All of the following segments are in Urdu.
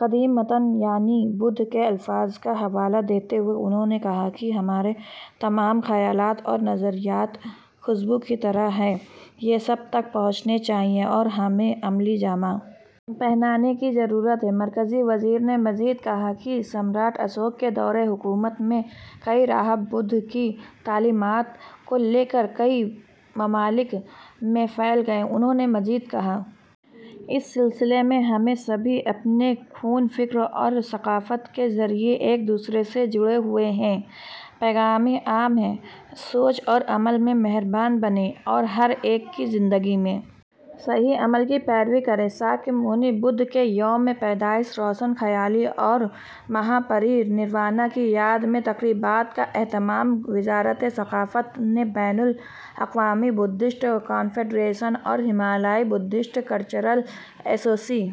قدیم متن یعنی بدھ کے الفاظ کا حوالہ دیتے ہوئے انہوں نے کہا کہ ہمارے تمام خیالات اور نظریات خوشبو کی طرح ہیں یہ سب تک پہنچنے چاہئیں اور ہمیں انہیں عملی جامہ پہنانے کی ضرورت ہے مرکزی وزیر نے مزید کہا کہ سمراٹ اشوک کے دور حکومت میں کئی راہب بدھ کی تعلیمات کو لے کر کئی ممالک میں پھیل گئے انہوں نے مزید کہا اس سلسلے میں ہم سبھی اپنے خون فکر اور ثقافت کے ذریعہ ایک دوسرے سے جڑے ہوئے ہیں پیغام عام ہے سوچ اور عمل میں مہربان بنیں اور ہر ایک کی زندگی میں صحیح عمل کی پیروی کریں شاکیمونی بدھ کے یوم پیدائش روشن خیالی اور مہاپری نروانا کی یاد میں تقریبات کا اہتمام وزارت ثقافت نے بین الاقوامی بدھسٹ کنفیڈریشن اور ہمالیائی بدھسٹ کلچرل ایسوسی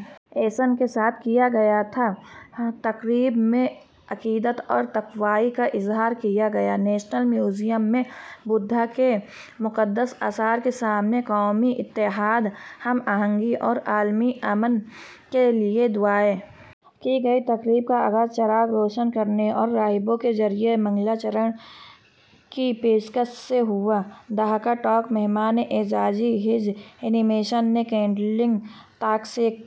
ایشن کے ساتھ کیا تھا تقریب میں عقیدت اور تقویٰ کا اظہار کیا گیا نیشنل میوزیم میں بدھا کے مقدس آثار کے سامنے قومی اتحاد ہم آہنگی اور عالمی امن کے لیے دعائیں کی گئیں تقریب کا آغاز چراغ روشن کرنے اور راہبوں کے ذریعہ منگلاچرن کی پیشکش سے ہوا دھما ٹاک مہمان اعزازی His Eminence the Kundeling Taktsak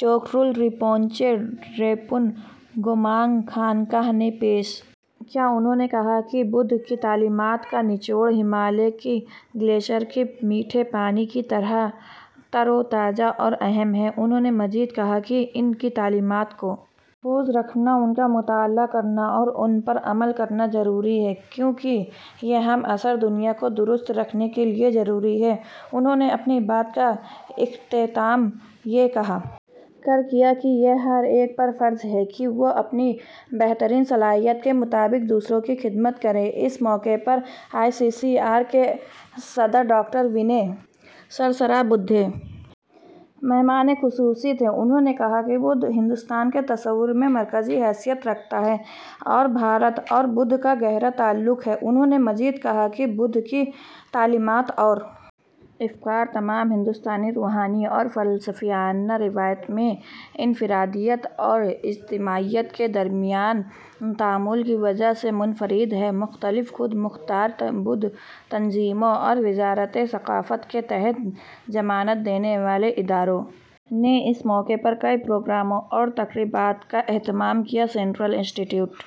Choktrul Rinpoche Drepung Gomang خانقاہ نے پیش کیا انہوں نے کہا کہ بدھ کی تعلیمات کا نچوڑ ہمالیہ کے گلیشیئر کے میٹھے پانی کی طرح تر و تازہ اور اہم ہے انہوں نے مزید کہا کہ ان کی تعلیمات کو محفوظ رکھنا ان کا مطالعہ کرنا اور ان پر عمل کرنا ضروری ہے کیونکہ یہ ہم عصر دنیا کو درست رکھنے کے لیے ضروری ہے انہوں نے اپنی بات کا اختتام یہ کہہ کر کیا کہ یہ ہر ایک پر فرض ہے کہ وہ اپنی بہترین صلاحیت کے مطابق دوسروں کی خدمت کرے اس موقع پر آئی سی سی آر کے صدر ڈاکٹر ونے سہسرا بدھے مہمان خصوصی تھے انہوں نے کہا کہ بدھ ہندوستان کے تصور میں مرکزی حیثیت رکھتا ہے اور بھارت اور بدھ کا گہرا تعلق ہے انہوں نے مزید کہا کہ بدھ کی تعلیمات اور افکار تمام ہندوستانی روحانی اور فلسفیانہ روایات میں انفرادیت اور اجتماعیت کے درمیان تعامل کی وجہ سے منفرد ہیں مختلف خود مختار بدھ تنظیموں اور وزارت ثقافت کے تحت ضمانت دینے والے اداروں نے اس موقع پر کئی پروگراموں اور تقریبات کا اہتمام کیا سینٹرل انسٹی ٹیوٹ